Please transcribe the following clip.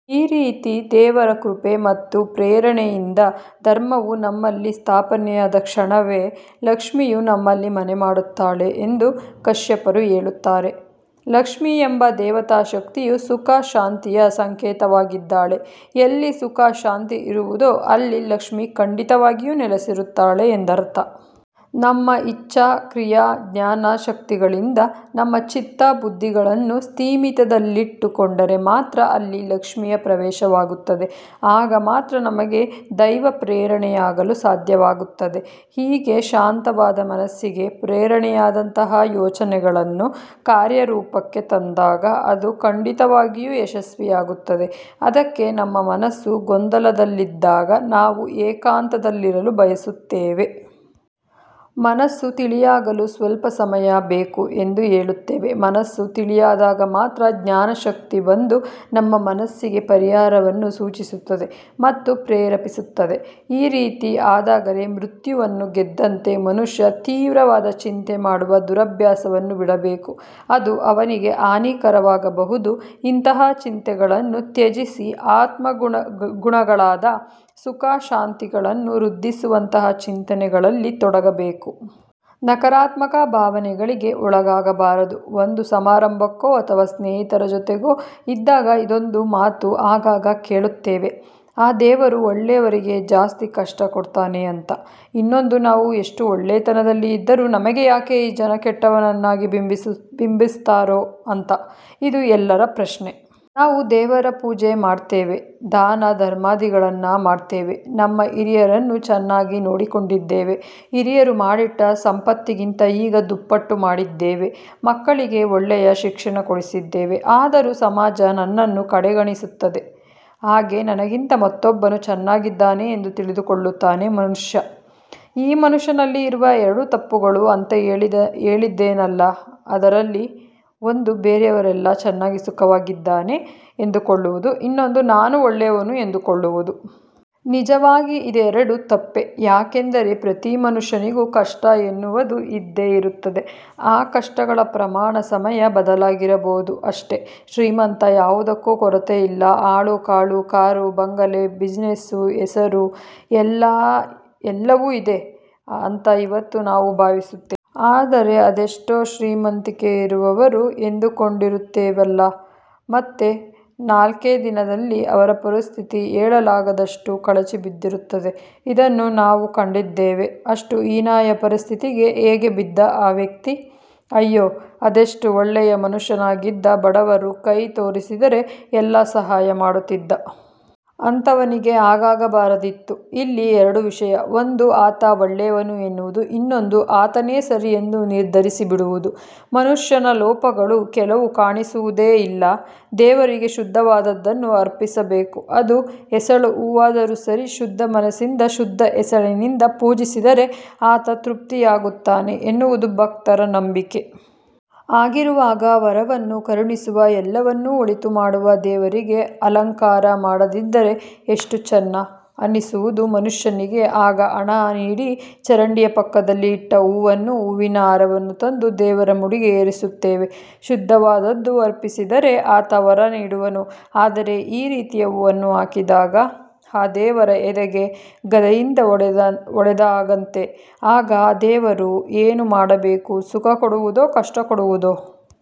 ಈ ರೀತಿ ದೇವರ ಕೃಪೆ ಮತ್ತು ಪ್ರೇರಣೆಯಿಂದ ಧರ್ಮವು ನಮ್ಮಲ್ಲಿ ಸ್ಥಾಪನೆಯಾದ ಕ್ಷಣವೇ ಲಕ್ಷ್ಮಿಯು ನಮ್ಮಲ್ಲಿ ಮನೆ ಮಾಡುತ್ತಾಳೆ ಎಂದು ಕಶ್ಯಪರು ಹೇಳುತ್ತಾರೆ. ಲಕ್ಷ್ಮಿ ಎಂಬ ದೇವತಾ ಶಕ್ತಿಯು ಸುಖ ಶಾಂತಿಯ ಸಂಕೇತವಾಗಿದ್ದಾಳೆ. ಎಲ್ಲಿ ಸುಖ ಶಾಂತಿ ಇರುವುದೋ ಅಲ್ಲಿ ಲಕ್ಷ್ಮಿ ಖಂಡಿತವಾಗಿಯೂ ನೆಲೆಸಿರುತ್ತಾಳೆ ಎಂದರ್ಥ. ನಮ್ಮ ಇಚ್ಛಾ, ಕ್ರಿಯಾ, ಜ್ಞಾನ ಶಕ್ತಿಗಳಿಂದ ನಮ್ಮ ಚಿತ್ತ, ಬುದ್ಧಿಗಳನ್ನು ಸ್ಥಿಮಿತದಲ್ಲಿಟ್ಟು ಕೊಂಡರೆ ಮಾತ್ರ ಅಲ್ಲಿ ಲಕ್ಷ್ಮಿಯ ಪ್ರವೇಶವಾಗುತ್ತದೆ. ಆಗ ಮಾತ್ರ ನಮಗೆ ದೈವ ಪ್ರೇರಣೆಯಾಗಲು ಸಾಧ್ಯವಾಗುತ್ತದೆ. ಹೀಗೆ ಶಾಂತವಾದ ಮನಸ್ಸಿಗೆ ಪ್ರೇರಣೆಯಾದಂತಹ ಯೋಚನೆಗಳನ್ನು ಕಾರ್ಯರೂಪಕ್ಕೆ ತಂದಾಗ ಅದು ಖಂಡಿತವಾಗಿಯೂ ಯಶಸ್ವಿಯಾಗುತ್ತದೆ. ಅದಕ್ಕೆ ನಮ್ಮ ಮನಸ್ಸು ಗೊಂದಲದಲ್ಲಿದ್ದಾಗ ನಾವು ಏಕಾಂತದಲ್ಲಿರಲು ಬಯಸುತ್ತೇವೆ. ಮನಸ್ಸು ತಿಳಿಯಾಗಲು ಸ್ವಲ್ಪ ಸಮಯ ಬೇಕು ಎಂದು ಹೇಳುತ್ತೇವೆ. ಮನಸ್ಸು ತಿಳಿಯಾದಾಗ ಮಾತ್ರ ಜ್ಞಾನಶಕ್ತಿ ಬಂದು ನಮ್ಮ ಮನಸ್ಸಿಗೆ ಪರಿಹಾರವನ್ನು ಸೂಚಿಸುತ್ತದೆ ಮತ್ತು ಪ್ರೇರೇಪಿಸುತ್ತದೆ. ಈ ರೀತಿ ಆದಾಗಲೇ ಮೃತ್ಯುವನ್ನು ಗೆದ್ದಂತೆ. ಮನುಷ್ಯ ತೀವ್ರವಾದ ಚಿಂತೆ ಮಾಡುವ ದುರಭ್ಯಾಸವನ್ನು ಬಿಡಬೇಕು. ಅದು ಅವನಿಗೆ ಹಾನಿಕಾರಕವಾಗಬಹುದು. ಇಂತಹ ಚಿಂತೆಗಳನ್ನು ತ್ಯಜಿಸಿ, ಆತ್ಮಗುಣಗಳಾದ ಸುಖ ಶಾಂತಿಗಳನ್ನು ವೃದ್ಧಿಸುವಂತಹ ಚಿಂತನೆಗಳಲ್ಲಿ ತೊಡಗಬೇಕು. ನಕಾರಾತ್ಮಕ ಭಾವನೆಗಳಿಗೆ ಒಳಗಾಗಬಾರದು. ಒಂದು ಸಮಾರಂಭಕ್ಕೋ, ಅಥವಾ ಸ್ನೇಹಿತರ ಜೊತೆಗೋ ಇದ್ದಾಗ ಇದೊಂದು ಮಾತು ಆಗಾಗ ಕೇಳುತ್ತೇವೆ. ಆ ದೇವರು ಒಳ್ಳೆಯವರಿಗೆ ಜಾಸ್ತಿ ಕಷ್ಟ ಕೊಡ್ತಾನೆ ಅಂತ. ಇನ್ನೊಂದು ನಾವು ಎಷ್ಟು ಒಳ್ಳೆತನದಲ್ಲಿ ಇದ್ದರೂ ನಮಗೆ ಯಾಕೆ ಈ ಜನ ಕೆಟ್ಟವನನ್ನಾಗಿ ಬಿಂಬಸ್ತಾರೋ ಅಂತ. ಇದು ಎಲ್ಲರ ಪ್ರಶ್ನೆ. ನಾವು ದೇವರ ಪೂಜೆ ಮಾಡ್ತೇವೆ. ದಾನ ಧರ್ಮಾದಿಗಳನ್ನು ಮಾಡ್ತೇವೆ. ನಮ್ಮ ಹಿರಿಯರನ್ನು ಚೆನ್ನಾಗಿ ನೋಡಿಕೊಂಡಿದ್ದೇವೆ. ಹಿರಿಯರು ಮಾಡಿಟ್ಟ ಸಂಪತ್ತಿಗಿಂತ ಈಗ ದುಪ್ಪಟ್ಟು ಮಾಡಿದ್ದೇವೆ, ಮಕ್ಕಳಿಗೆ ಒಳ್ಳೆಯ ಶಿಕ್ಷಣ ಕೊಡಿಸಿದ್ದೇವೆ ಆದರೂ ಸಮಾಜ ನನ್ನನ್ನು ಕಡೆಗಾಣಿಸುತ್ತದೆ. ಹಾಗೆ ನನಗಿಂತ ಮತ್ತೊಬ್ಬನು ಚೆನ್ನಾಗಿದ್ದಾನೆ ಎಂದು ತಿಳಿದುಕೊಳ್ಳುತ್ತಾನೆ ಮನುಷ್ಯ. ಈ ಮನುಷ್ಯನಲ್ಲಿ ಇರುವ ಎರಡು ತಪ್ಪುಗಳು ಅಂತ ಹೇಳಿದೆನಲ್ಲ ಅದರಲ್ಲಿ ಒಂದು ಬೇರೆಯವರೆಲ್ಲ ಚೆನ್ನಾಗಿ ಸುಖವಾಗಿದ್ದಾನೆ ಎಂದುಕೊಳ್ಳುವುದು ಇನ್ನೊಂದು ನಾನು ಒಳ್ಳೆಯವನು ಎಂದುಕೊಳ್ಳುವುದು. ನಿಜವಾಗಿ ಇದೆರಡು ತಪ್ಪೆ. ಯಾಕೆಂದರೆ ಪ್ರತೀ ಮನುಷ್ಯನಿಗೂ ಕಷ್ಟ ಎನ್ನುವದು ಇದ್ದೆ ಇರುತ್ತದೆ. ಆ ಕಷ್ಟಗಳ ಪ್ರಮಾಣ, ಸಮಯ ಬದಲಾಗಿರಬಹುದು ಅಷ್ಟೆ. ಶ್ರೀಮಂತ ಯಾವುದಕ್ಕೂ ಕೊರತೆ ಇಲ್ಲ. ಆಳು ಕಾಳು ಕಾರು ಬಂಗಲೆ ಬಿಜನೆಸ್ಸು ಹೆಸರು ಎಲ್ಲ ಎಲ್ಲವೂ ಇದೆ ಅಂತ ಇವತ್ತು ನಾವು ಭಾವಿಸುತ್ತೆವೆ. ಆದರೆ ಅದೆಷ್ಟೋ ಶ್ರೀಮಂತಿಕೆ ಇರುವವರು ಎಂದುಕೊಂಡಿರುತ್ತೇವಲ್ಲ ಮತ್ತೆ ನಾಲ್ಕೇ ದಿನದಲ್ಲಿ ಅವರ ಪರಿಸ್ಥಿತಿ ಹೇಳಲಾಗದಷ್ಟು ಕಳಚಿ ಬಿದ್ದಿರುತ್ತದೆ. ಇದನ್ನು ನಾವು ಕಂಡಿದ್ದೇವೆ. ಅಷ್ಟು ಹೀನಾಯ ಪರಿಸ್ಥಿತಿಗೆ ಹೇಗೆ ಬಿದ್ದ ಆ ವ್ಯಕ್ತಿ? ಅಯ್ಯೋ ಅದೆಷ್ಟು ಒಳ್ಳೆಯ ಮನುಷ್ಯನಾಗಿದ್ದ. ಬಡವರು ಕೈ ತೋರಿಸಿದರೆ ಎಲ್ಲ ಸಹಾಯ ಮಾಡುತ್ತಿದ್ದ. ಅಂಥವನಿಗೆ ಹಾಗಾಗಬಾರದಿತ್ತು. ಇಲ್ಲಿ ಎರಡು ವಿಷಯ. ಒಂದು ಆತ ಒಳ್ಳೆಯವನು ಎನ್ನುವುದು, ಇನ್ನೊಂದು ಆತನೇ ಸರಿ ಎಂದು ನಿರ್ಧರಿಸಿಬಿಡುವುದು. ಮನುಷ್ಯನ ಲೋಪಗಳು ಕೆಲವು ಕಾಣಿಸುವುದೇ ಇಲ್ಲ. ದೇವರಿಗೆ ಶುದ್ಧವಾದದ್ದನ್ನು ಅರ್ಪಿಸಬೇಕು. ಅದು ಎಸಳು ಹೂವಾದರೂ ಸರಿ ಶುದ್ಧ ಮನಸ್ಸಿಂದ ಶುದ್ದ ಎಸಳಿಂದ ಪೂಜಿಸಿದರೆ ಆತ ತೃಪ್ತಿಯಾಗುತ್ತಾನೆ ಎನ್ನುವುದು ಭಕ್ತರ ನಂಬಿಕೆ. ಹಾಗಿರುವಾಗ ವರವನ್ನು ಕರುಣಿಸುವ, ಎಲ್ಲವನ್ನು ಒಳಿತು ಮಾಡುವ ದೇವರಿಗೆ ಅಲಂಕಾರ ಮಾಡದಿದ್ದರೆ ಎಷ್ಟು ಚೆನ್ನ ಅನ್ನಿಸುವುದು ಮನುಷ್ಯನಿಗೆ. ಆಗ ಹಣ ನೀಡಿ ಚರಂಡಿಯ ಪಕ್ಕದಲ್ಲಿ ಇಟ್ಟ ಹೂವನ್ನು, ಹೂವಿನ ಹಾರವನ್ನು ತಂದು ದೇವರ ಮುಡಿಗೆ ಏರಿಸುತ್ತೇವೆ. ಶುದ್ಧವಾದದ್ದು ಅರ್ಪಿಸಿದರೆ ಆತ ವರ ನೀಡುವನು. ಆದರೆ ಈ ರೀತಿಯ ಹೂವನ್ನು ಹಾಕಿದಾಗ ಆ ದೇವರ ಎದೆಗೆ ಗದೆಯಿಂದ ಹೊಡೆದ ಹಾಗಂತೆ. ಆಗ ಆ ದೇವರು ಏನು ಮಾಡಬೇಕು, ಸುಖ ಕೊಡುವುದೋ, ಕಷ್ಟ ಕೊಡುವುದೋ.